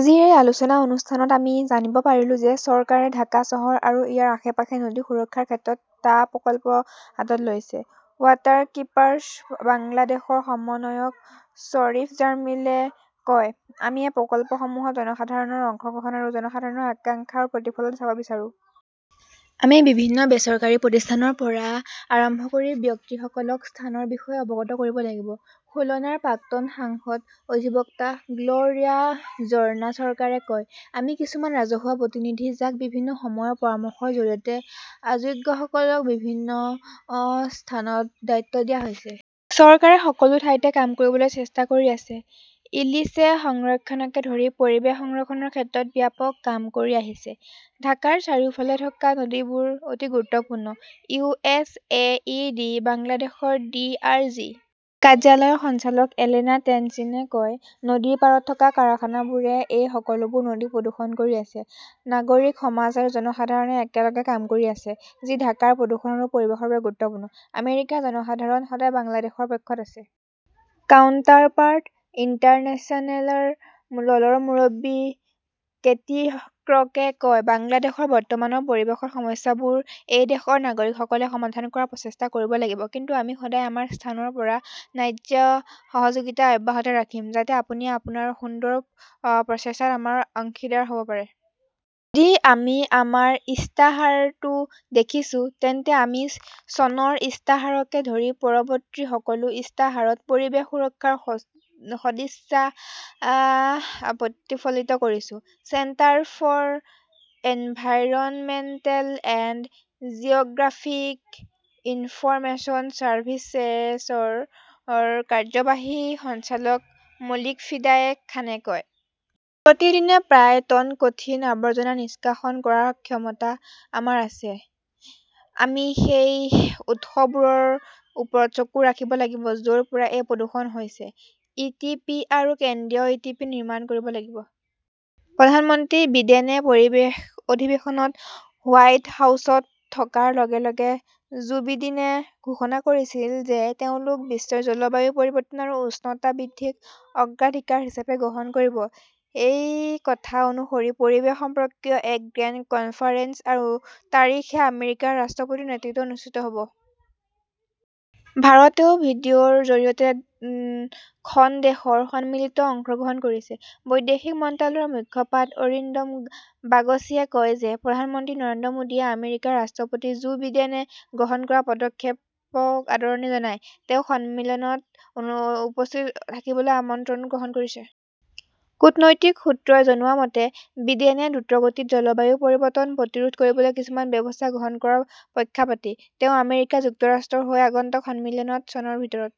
"আজিৰ এই আলোচনা অনুষ্ঠানত আমি জানিব পাৰিলো যে চৰকাৰে ঢাকা চহৰ আৰু ইয়াৰ আশে-পাশে নদী সুৰক্ষাৰ ক্ষেত্ৰত টা প্ৰকল্প হাতত লৈছে", ৱাটাৰকীপাৰ্ছ বাংলাদেশৰ সমন্বয়ক শ্বৰীফ জামিলে কয়। আমি এই প্ৰকল্পসমূহত জনসাধাৰণৰ অংশগ্ৰহণ আৰু জনসাধাৰণৰ আকাংক্ষাৰ প্ৰতিফলন চাব বিচাৰো। "আমি বিভিন্ন বেচৰকাৰী প্ৰতিষ্ঠানৰ পৰা আৰম্ভ কৰি ব্যক্তিসকলক স্থানৰ বিষয়ে অৱগত কৰিব লাগিব", খুলনাৰ প্ৰাক্তন সাংসদ অধিবক্তা গ্ল "ৰিয়া ঝৰ্ণা চৰকাৰে কয়। আমি কিছুমান ৰাজহুৱা প্ৰতিনিধি, যাক বিভিন্ন সময়ৰ পৰামৰ্শৰ জৰিয়তে অযোগ্যসকলক বিভিন্ন স্থানত দায়িত্ব দিয়া হৈছে। চৰকাৰে সকলো ঠাইতে কাম কৰিবলৈ চেষ্টা কৰি আছে। ইলিছে সংৰক্ষণকে ধৰি পৰিৱেশ সংৰক্ষণৰ ক্ষেত্ৰত ব্যাপক কাম কৰি আহিছে। "ঢাকাৰ চাৰিওফালে থকা নদীবোৰ অতি গুৰুত্বপূৰ্ণ", U. S. A. I. D. বাংলাদেশৰ ডি. আৰ. জি. কাৰ্যালয়ৰ সঞ্চালক এলেনা টেন্সিয়ে কয়। নদীৰ পাৰত থকা কাৰখানাবোৰে এই সকলোবোৰ নদী প্ৰদূষণ কৰি আছে। নাগৰিক সমাজ আৰু জনসাধাৰণে একেলগে কাম কৰি আছে, যি ঢাকাৰ প্ৰদূষণ আৰু পৰিৱেশৰ বাবে গুৰুত্বপূৰ্ণ। আমেৰিকাৰ জনসাধাৰণ সদায় বাংলাদেশৰ পক্ষত আছে। কাউণ্টাৰপাৰ্ট ইণ্টাৰনেশ্যনেলৰ দলৰ মুৰব্বী কেটি ক্ৰকে কয়, "বাংলাদেশৰ বৰ্তমানৰ পৰিৱেশত সমস্যাবোৰ এই দেশৰ নাগৰিকসকলে সমাধান কৰাৰ প্ৰচেষ্টা কৰিব লাগিব। কিন্তু আমি সদায় আমাৰ স্থানৰ পৰা ন্যায্য সহযোগিতা অব্যাহত ৰাখিম, যাতে আপুনি আপোনাৰ সুন্দৰ প্ৰচেষ্টাত আমাৰ অংশীদাৰ হ 'ব পাৰে। "যদি আমি আমাৰ ইস্তাহাৰটো দেখিছোঁ, তেন্তে আমি চনৰ ইস্তাহাৰকে ধৰি পৰৱৰ্তী সকলো ইস্তাহাৰত পৰিৱেশ সুৰক্ষাৰ সদিচ্ছা প্ৰতিফলিত কৰিছো", centre for environmental and Jio "graphic information চাৰ্ভিচেছৰ কাৰ্যবাহী সঞ্চালক মালিক ফিদা এ খানে কয়। প্ৰতিদিনে প্ৰায় টন কঠিন আৱৰ্জনা নিষ্কাশন কৰাৰ ক্ষমতা আমাৰ আছে। আমি সেই উৎসবোৰৰ ওপৰত চকু ৰাখিব লাগিব য 'ৰ পৰা এই প্ৰদূষণ হৈছে। ই. টি. পি. আৰু কেন্দ্ৰীয় ই. টি. পি. নিৰ্মাণ কৰিব লাগিব। "। প্ৰধানমন্ত্ৰী বিডেনে পৰিৱেশ অধিৱেশনত হোৱাইট হাউচত থকাৰ লগে লগে জো বিডেনে ঘোষণা কৰিছিল যে তেওঁলোকে বিশ্বৰ জলবায়ু পৰিৱৰ্তন আৰু উষ্ণতা বৃদ্ধিক অগ্ৰাধিকাৰ হিচাপে গ্ৰহণ কৰিব। সেই কথা অনুসৰি, পৰিৱেশ সম্পৰ্কীয় এক গ্ৰেণ্ড কনফাৰেন্স আৰু তাৰিখে আমেৰিকাৰ ৰাষ্ট্ৰপতিৰ নেতৃত্বত অনুষ্ঠিত হ 'ব। ভাৰতেও ভিডিঅ "ৰ জৰিয়তে খন দেশৰ সন্মিলনত অংশগ্ৰহণ কৰিছে। বৈদেশিক মন্ত্ৰালয়ৰ মুখপাত্ৰ অৰিন্দম বাগচীয়ে কয় যে প্ৰধানমন্ত্ৰী নৰেন্দ্ৰ মোদীয়ে আমেৰিকাৰ ৰাষ্ট্ৰপতি জো বিডেনে গ্ৰহণ কৰা পদক্ষেপক আদৰণি জনায়। তেওঁ সন্মিলনত উপস্থিত থাকিবলৈ আমন্ত্ৰণো গ্ৰহণ কৰিছে। কূটনৈতিক সূত্ৰই জনোৱা মতে, বিডেনে দ্ৰুতগতিত জলবায়ু পৰিৱৰ্তন প্ৰতিৰোধ কৰিবলৈ কিছুমান ব্যৱস্থা গ্ৰহণ কৰাৰ পক্ষপাতী। তেওঁ আমেৰিকা যুক্তৰাষ্ট্ৰৰ হৈ আগন্তুক সন্মিলনত চনৰ ভিতৰত